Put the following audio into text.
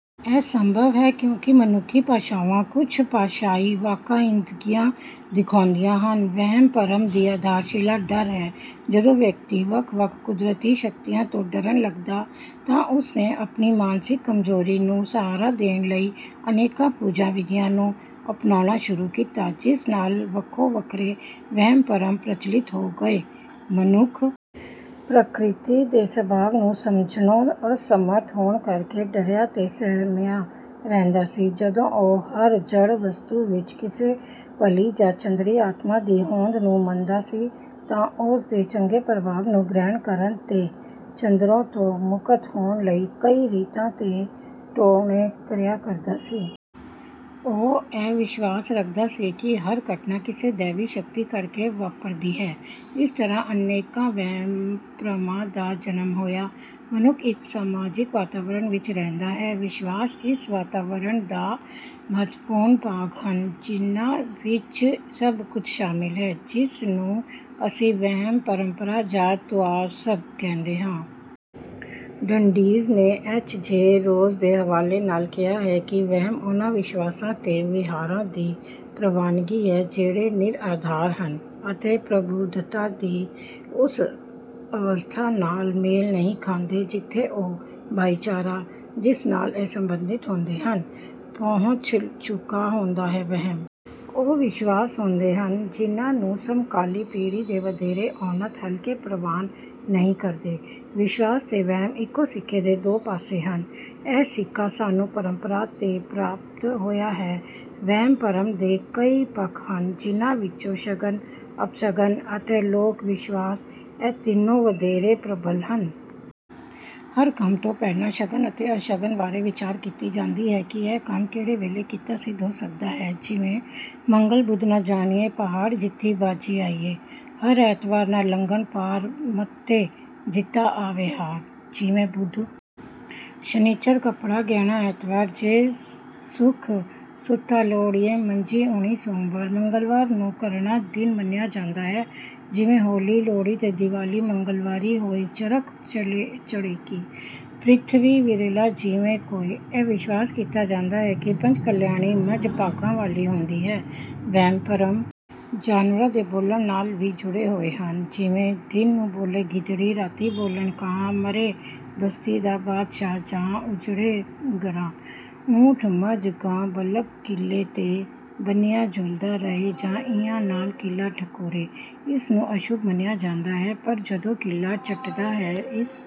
ਇਹ ਸੰਭਵ ਹੈ ਕਿਉਂਕਿ ਮਨੁੱਖੀ ਭਾਸ਼ਾਵਾਂ ਕੁਝ ਭਾਸ਼ਾਈ ਬਾਕਾਇਦਗੀਆਂ ਦਿਖਾਉਂਦੀਆਂ ਹਨ। ਵਹਿਮ-ਭਰਮ ਦੀ ਆਧਾਰਸ਼ਿਲਾ ਡਰ ਹੈ। ਜਦੋਂ ਵਿਅਕਤੀ ਵੱਖ-ਵੱਖ ਕੁਦਰਤੀ ਸ਼ਕਤੀਆਂ ਤੋਂ ਡਰਨ ਲੱਗਾ ਤਾਂ ਉਸਨੇ ਆਪਣੀ ਮਾਨਸਿਕ ਕਮਜ਼ੋਰੀ ਨੂੰ ਸਹਾਰਾ ਦੇਣ ਲਈ ਅਨੇਕਾਂ ਪੂਜਾ-ਵਿਧੀਆਂ ਨੂੰ ਅਪਣਾਉਣਾ ਸ਼ੁਰੂ ਕੀਤਾ, ਜਿਸ ਨਾਲ ਵੱਖੋ-ਵੱਖਰੇ ਵਹਿਮ-ਭਰਮ ਪ੍ਰਚਲਿਤ ਹੋ ਗਏ। ਮਨੁੱਖ ਪ੍ਰਕਿਰਤੀ ਦੇ ਸਵਭਾਵ ਨੂੰ ਸਮਝਣੋਂ ਅਸਮਰੱਥ ਹੋਣ ਕਰਕੇ ਡਰਿਆ ਤੇ ਸਹਿਮਿਆ ਰਹਿੰਦਾ ਸੀ। ਜਦੋਂ ਉਹ ਹਰ ਜੜ੍ਹ ਵਸਤੂ ਵਿੱਚ ਕਿਸੇ ਭਲੀ ਜਾਂ ਚੰਦਰੀ ਆਤਮਾ ਦੀ ਹੋਂਦ ਨੂੰ ਮੰਨਦਾ ਸੀ, ਤਾਂ ਉਸ ਦੇ ਚੰਗੇ ਪ੍ਰਭਾਵ ਨੂੰ ਗ੍ਰਹਿਣ ਕਰਨ ਤੇ ਚੰਦਰੋਂ ਤੋਂ ਮੁਕਤ ਹੋਣ ਲਈ ਕਈ ਰੀਤਾਂ ਤੇ ਟੂਣੇ ਕਰਿਆ ਕਰਦਾ ਸੀ। ਉਹ ਇਹ ਵਿਸ਼ਵਾਸ ਰੱਖਦਾ ਸੀ ਕਿ ਹਰ ਘਟਨਾ ਕਿਸੇ ਦੈਵੀ ਸ਼ਕਤੀ ਕਰਕੇ ਵਾਪਰਦੀ ਹੈ। ਇਸ ਤਰ੍ਹਾਂ ਅਨੇਕਾਂ ਵਹਿਮ-ਭਰਮਾਂ ਦਾ ਜਨਮ ਹੋਇਆ। ਮਨੁੱਖ ਇੱਕ ਸਮਾਜਿਕ ਵਾਤਾਵਰਣ ਵਿੱਚ ਰਹਿੰਦਾ ਹੈ। ਵਿਸ਼ਵਾਸ ਇਸ ਵਾਤਾਵਰਣ ਦਾ ਮਹੱਤਵਪੂਰਨ ਭਾਗ ਹਨ, ਜਿਨ੍ਹਾਂ ਵਿੱਚ ਸਭ ਕੁਝ ਸ਼ਾਮਿਲ ਹੈ, ਜਿਸ ਨੂੰ ਅਸੀਂ ਵਹਿਮ, ਪਰੰਪਰਾ ਜਾਂ ਤੁਅੱਸਬ ਕਹਿੰਦੇ ਹਾਂ। ਡੰਡੀਜ਼ ਨੇ ਐਚ. ਜੇ. ਰੋਜ਼ ਦੇ ਹਵਾਲੇ ਨਾਲ ਕਿਹਾ ਹੈ ਕਿ ਵਹਿਮ ਉਨ੍ਹਾਂ ਵਿਸ਼ਵਾਸਾਂ ਤੇ ਵਿਹਾਰਾਂ ਦੀ ਪ੍ਰਵਾਨਗੀ ਹੈ, ਜਿਹੜੇ ਨਿਰਾਧਾਰ ਹਨ ਅਤੇ ਪ੍ਰਬੁੱਧਤਾ ਦੀ ਉਸ ਅਵਸਥਾ ਨਾਲ ਮੇਲ ਨਹੀਂ ਖਾਂਦੇ, ਜਿੱਥੇ ਉਹ ਭਾਈਚਾਰਾ, ਜਿਸ ਨਾਲ ਇਹ ਸੰਬੰਧਿਤ ਹੁੰਦੇ ਹਨ, ਪਹੁੰਚ ਚੁੱਕਾ ਹੁੰਦਾ ਹੈ। ਵਹਿਮ ਉਹ ਵਿਸ਼ਵਾਸ ਹੁੰਦੇ ਹਨ, ਜਿਨ੍ਹਾਂ ਨੂੰ ਸਮਕਾਲੀ ਪੀੜ੍ਹੀ ਦੇ ਵਧੇਰੇ ਉੱਨਤ ਹਲਕੇ ਪ੍ਰਵਾਨ ਨਹੀਂ ਕਰਦੇ। ਵਿਸ਼ਵਾਸ ਤੇ ਵਹਿਮ ਇਕੋ ਸਿੱਕੇ ਦੇ ਦੋ ਪਾਸੇ ਹਨ। ਇਹ ਸਿੱਕਾ ਸਾਨੂੰ ਪਰੰਪਰਾ ਤੇਂ ਪ੍ਰਾਪਤ ਹੋਇਆ ਹੈ। ਵਹਿਮ-ਭਰਮ ਦੇ ਕਈ ਪੱਖ ਹਨ, ਜਿਨ੍ਹਾਂ ਵਿੱਚੋਂ ਸ਼ਗਨ, ਅਪਸ਼ਗਨ ਅਤੇ ਲੋਕ-ਵਿਸ਼ਵਾਸ—ਇਹ ਤਿੰਨੋ ਵਧੇਰੇ ਪ੍ਰਬਲ ਹਨ। ਹਰ ਕੰਮ ਤੋਂ ਪਹਿਲਾਂ ਸ਼ਗਨ ਅਤੇ ਅਪਸ਼ਗਨ ਬਾਰੇ ਵਿਚਾਰ ਕੀਤੀ ਜਾਂਦੀ ਹੈ ਕਿ ਇਹ ਕੰਮ ਕਿਹੜੇ ਵੇਲੇ ਕੀਤਾ ਸਿੱਧ ਹੋ ਸਕਦਾ ਹੈ। ਜਿਵੇਂ:“ਮੰਗਲ ਬੁੱਧ ਨਾ ਜਾਣੀਏ, ਪਹਾੜ ਜਿੱਤੀ ਬਾਜ਼ੀ ਆਈਏ। ਹਰ ਐਤਵਾਰ ਨਾ ਲੰਘਣ ਪਾਰ, ਮੱਤੇ ਜਿੱਤਾਂ ਆਵੇ ਹਾਰ।”ਜਿਵੇਂ:“ਬੁੱਧ ਸ਼ਨਿੱਚਰ ਕੱਪੜਾ, ਗਹਿਣਾ, ਐਤਵਾਰ ਜੇ ਸੁੱਖ ਸੁੱਤਾ ਲੋੜੀਏ, ਮੰਜੀ ਉਣੀ ਸੋਮਵਾਰ।”ਮੰਗਲਵਾਰ ਨੂੰ ਕਰੜਾ ਦਿਨ ਮੰਨਿਆ ਜਾਂਦਾ ਹੈ। ਜਿਵੇਂ:“ਹੋਲੀ, ਲੋਹੜੀ ਤੇ ਦੀਵਾਲੀ ਮੰਗਲਵਾਰੀ ਹੋਇ, ਚਰਖ ਚੜ੍ਹੇਗੀ ਪ੍ਰਿਥਵੀ, ਵਿਰਲਾ ਜੀਵੇ ਕੋਇ।”ਇਹ ਵਿਸ਼ਵਾਸ ਕੀਤਾ ਜਾਂਦਾ ਹੈ ਕਿ ਪੰਜ ਕਲਿਆਣੀ ਮੱਝ ਭਾਗਾਂ ਵਾਲੀ ਹੁੰਦੀ ਹੈ। ਵਹਿਮ-ਭਰਮ ਜਾਨਵਰਾਂ ਦੇ ਬੋਲਣ ਨਾਲ ਵੀ ਜੁੜੇ ਹੋਏ ਹਨ। ਜਿਵੇਂ:“ਦਿਨ ਨੂੰ ਬੋਲੇ ਗਿੱਦੜੀ, ਰਾਤੀ ਬੋਲਣ ਕਾਂ, ਮਰੇ ਬਸਤੀ ਦਾ ਬਾਦਸ਼ਾਹਜਾਂ ਉਜੜੇ ਗਰਾਂ।”ਉਂਠ, ਮੱਝ, ਗਾਂ, ਬਲਦ ਕਿੱਲੇ ’ਤੇ ਬੰਨ੍ਹਿਆਂ ਝੂਲਦਾ ਰਹੇ ਜਾਂ ਸਿੰਙਾਂ ਨਾਲ ਕਿੱਲਾ ਠਕੋਰੇ, ਇਸ ਨੂੰ ਅਸ਼ੁੱਭ ਮੰਨਿਆ ਜਾਂਦਾ ਹੈ। ਪਰ ਜਦੋਂ ਕਿੱਲਾ ਚੱਟਦਾ ਹੈ, ਇਸ...